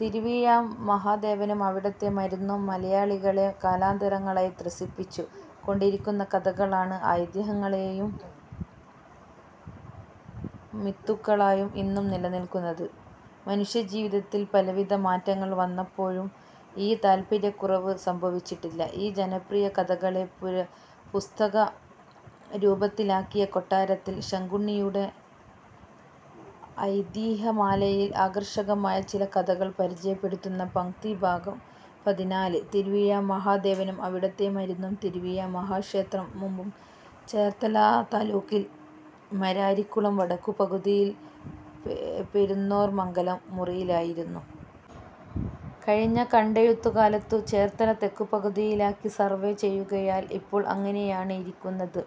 തിരുവിഴാ മഹാദേവനും അവിടത്തെ മരുന്നും മലയാളികളെ കാലാന്തരങ്ങളായി ത്രസിപ്പിച്ചു കൊണ്ടിരിക്കുന്ന കഥകളാണ് ഐതിഹ്യങ്ങളും മിത്തുകളായും ഇന്നും നിലനിൽക്കുന്നത്. മനുഷ്യജീവിതത്തിൽ പലവിധ മാറ്റങ്ങൾ വന്നപ്പോഴും ഈ താൽപര്യ കുറവ് സംഭവിച്ചിട്ടില്ല. ഈ ജനപ്രിയകഥകളെ പുസ്തകരൂപത്തിലാക്കിയ കൊട്ടാരത്തിൽ ശങ്കുണ്ണിയുടെ ഐതിഹ്യമാലയിലെ ആകർഷകമായ ചില കഥകൾ പരിചയപ്പെടുത്തുന്ന പംക്തി ഭാഗം പതിനാല്: തിരുവിഴാ മഹാദേവനും അവിടത്തെ മരുന്നും തിരുവിഴാ മഹാക്ഷേത്രം മുമ്പു ചേർത്തലത്താലൂക്കിൽ മാരാരിക്കുളം വടക്കുപകുതിയിൽ 'പെരുന്നോർമംഗലം' മുറിയിലായിരുന്നു. കഴിഞ്ഞ കണ്ടെഴുത്തുകാലത്തു ചേർത്തല തെക്കുപകുതിയിലാക്കി സർവ്വേ ചെയ്യുകയാൽ ഇപ്പോൾ അങ്ങനെയാണിരിക്കുന്നത്.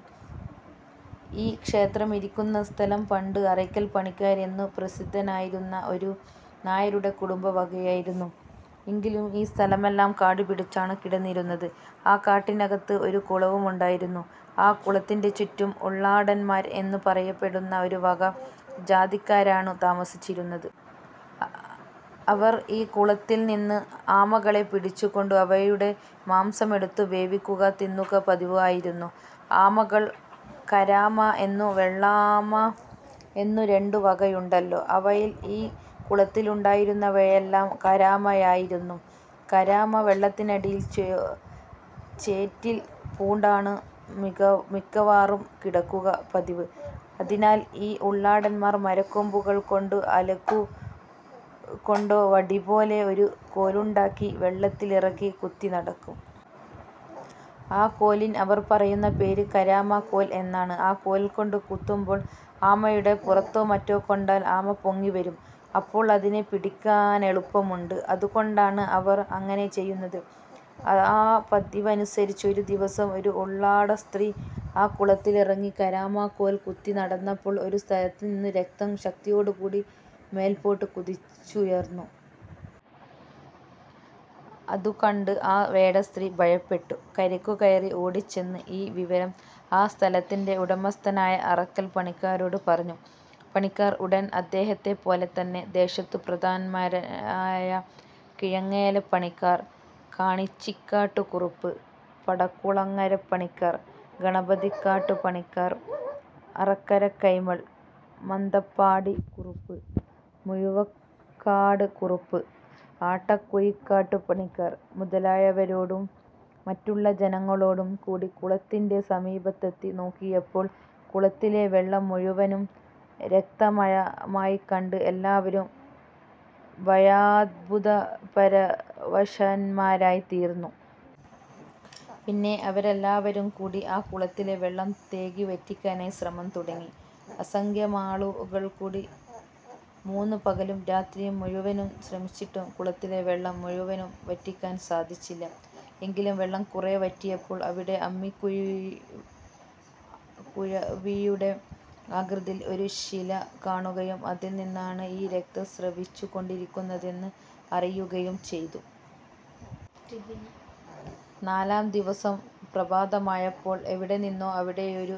ഈ ക്ഷേത്രമിരിക്കുന്ന സ്ഥലം പണ്ട് 'അറയ്ക്കൽ പണിക്കര്' എന്നു പ്രസിദ്ധനായിരുന്ന ഒരു നായരുടെ കുടുംബവകയായിരുന്നു. എങ്കിലും ഈ സ്ഥലമെല്ലാം കാടുപിടിച്ചാണു കിടന്നിരുന്നത്. ആ കാട്ടിനകത്ത് ഒരു കുളവുമുണ്ടായിരുന്നു. ആ കുളത്തിന്റെ ചുറ്റും ഉള്ളാടന്മാര് എന്നു പറയപ്പെടുന്ന ഒരുവക ജാതിക്കാരാണു താമസിച്ചിരുന്നത്. അവർ ഈ കുളത്തിൽനിന്ന് ആമകളെ പിടിച്ചുകൊണ്ട് അവയുടെ മാംസമെടുത്തു വേവിക്കുക തിന്നുക പതിവായിരുന്നു. ആമകൾ 'കാരാമ' എന്നും വെള്ളാമ എന്നും രണ്ടു വകയുണ്ടല്ലോ. അവയിൽ ഈ കുളത്തിലുണ്ടായിരുന്നവയെല്ലാം കാരാമയായിരുന്നു. കാരാമ വെള്ളത്തിനടിയിൽ ചേറ്റിൽ പൂണ്ടാണ് മിക്ക മിക്കവാറും കിടക്കുക പതിവ്. അതിനാല് ഈ ഉള്ളാടന്മാർ മരക്കൊമ്പുകൾകൊണ്ടോ അലകുകൊണ്ടോ വടിപോലെ ഒരു കോലുണ്ടാക്കി വെള്ളത്തിലിറങ്ങി കുത്തിനടക്കും. ആ കോലിന് അവർ പറയുന്ന പേര് കാരാമക്കോൽ എന്നാണ്. ആ കോൽകൊണ്ടു കുത്തുമ്പോൾ ആമയുടെ പുറത്തോ മറ്റോ കൊണ്ടാൽ ആമ പൊങ്ങിവരും. അപ്പോൾ അതിനെ പിടിക്കാനെളുപ്പമുണ്ട്. അതുകൊണ്ടാണ് അവർ അങ്ങനെ ചെയ്യുന്നത്. ആ പതിവനുസരിച്ച് ഒരു ദിവസം ഒരു ഉള്ളാടസ്ത്രീ ആ കുളത്തിലിറങ്ങി കാരാമക്കോൽ കുത്തി നടന്നപ്പോൾ ഒരു സ്ഥലത്തുനിന്ന് രക്തം ശക്തിയോടുകൂടി മേൽപ്പോട്ടു കുതിച്ചുയർന്നു. അതുകണ്ട് ആ വേടസ്ത്രീ ഭയപ്പെട്ടു കരയ്ക്കു കയറി ഓടിച്ചെന്ന് ഈ വിവരം ആ സ്ഥലത്തിന്റെ ഉടമസ്ഥനായ അറയ്ക്കൽ പണിക്കരോടു പറഞ്ഞു. പണിക്കർ ഉടനെ അദ്ദേഹത്തെപ്പോലെതന്നെ ദേശത്തു പ്രധാനന്മാരായ കീഴങ്ങേലെ പണിക്കർ, കാണിച്ചിക്കാട്ടുകുറുപ്പ്, പടാകുളങ്ങരെപ്പണിക്കർ, ഗണപതിക്കാട്ടു പണിക്കർ, അറക്കര കൈമൾ, മന്തപ്പാടി, മുഴുവക്കാട് കുറുപ്പ്, ആട്ടക്കുഴിക്കാട്ടു പണിക്കർ മുതലായവരോടും മറ്റുള്ള ജനങ്ങളോടും കൂടി കുളത്തിന്റെ സമീപത്തെത്തി നോക്കിയപ്പോൾ കുളത്തിലെ വെള്ളം മുഴുവനും രക്തമയമായിക്കണ്ട് എല്ലാവരും ഭയാത്ഭുതപരവശന്മാരായിത്തീർന്നു. പിന്നെ അവരെല്ലാവരുംകൂടി ആ കുളത്തിലെ വെള്ളം തേകി വറ്റിക്കാനായി ശ്രമം തുടങ്ങി. അസംഖ്യമാളുകൾകൂടി മൂന്നു പകലും രാത്രിയും മുഴുവനും ശ്രമിച്ചിട്ടും കുളത്തിലെ വെള്ളം മുഴുവനും വറ്റിക്കാന് സാധിച്ചില്ല. എങ്കിലും വെള്ളം കുറെ വറ്റിയപ്പോൾ അവിടെ അമ്മിക്കുഴവിയുടെ ആകൃതിയിൽ ഒരു ശില കാണുകയും അതിൽനിന്നാണ് ഈ രക്തം സ്രവിച്ചു കൊണ്ടിരിക്കുന്നതെന്ന് അറിയുകയും ചെയ്തു. നാലാം ദിവസം പ്രഭാതമായപ്പോള് എവിടെനിന്നോ അവിടെയൊരു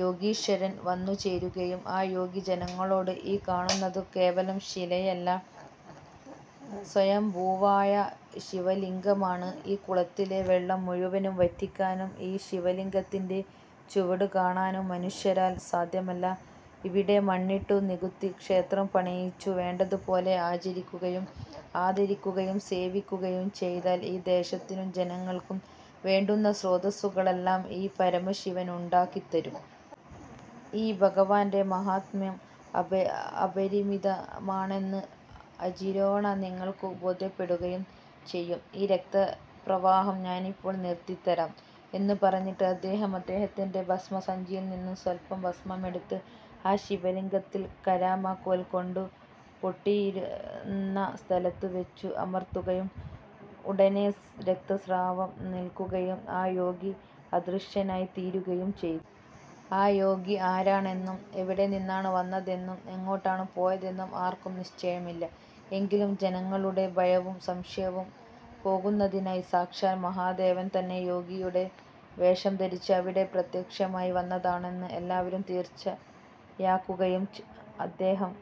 യോഗീശ്വരൻ വന്നുചേരുകയും ആ യോഗി ജനങ്ങളോട് 'ഈ കാണുന്നതു കേവലം ശിലയല്ല. സ്വയംഭൂവായ ശിവലിംഗമാണ്. ഈ കുളത്തിലെ വെള്ളം മുഴുവനും വറ്റിക്കാനും ഈ ശിവലിംഗത്തിന്റെ ചുവടു കാണാനും മനുഷ്യരാൽ സാധ്യമല്ല. ഇവിടെ മണ്ണിട്ടു നികത്തി ക്ഷേത്രം പണിയിച്ചു വേണ്ടതു പോലെ ആചരിക്കുകയും ആദരിക്കുകയും സേവിക്കുകയും ചെയ്താൽ ഈ ദേശത്തിനും ജനങ്ങൾക്കും വേണ്ടുന്ന സ്രോതസ്സുകളെല്ലാം ഈ പരമശിവനുണ്ടാക്കിത്തരും. ഈ ഭഗവാന്റെ മാഹാത്മ്യം അപരി അപരിമിതമാണെന്ന് അചിരേണ നിങ്ങൾക്കു ബോധ്യപ്പെടുകയും ചെയ്യും. ഈ രക്തപ്രവാഹം ഞാനിപ്പോള് നിർത്തിത്തരാം. ' എന്നു പറഞ്ഞിട്ട് അദ്ദേഹം അദ്ദേഹത്തിന്റെ ഭസ്മസഞ്ചിയിൽനിന്നു സ്വൽപം ഭസ്മമെടുത്ത് ആ ശിവലിംഗത്തിൽ കാരാമക്കോൽകൊണ്ടു പൊട്ടിയിരുന്ന സ്ഥലത്തു വെച്ച് അമർത്തുകയും ഉടനെ രക്തസ്രാവം നിൽക്കുകയും ആ യോഗി അദൃശ്യനായിത്തീരുകയും ചെയ്തു. ആ യോഗി ആരാണെന്നും എവിടെനിന്നാണു വന്നതെന്നും എങ്ങോട്ടാണു പോയതെന്നും ആർക്കും നിശ്ചയമില്ല. എങ്കിലും ജനങ്ങളുടെ ഭയവും സംശയവും പോക്കുന്നതിനായി സാക്ഷാൽ മഹാദേവൻ തന്നെ യോഗിയുടെ വേഷം ധരിച്ച് അവിടെ പ്രത്യക്ഷമായി വന്നതാണെന്ന് എല്ലാവരും തീർച്ചയാക്കുകയും അദ്ദേഹം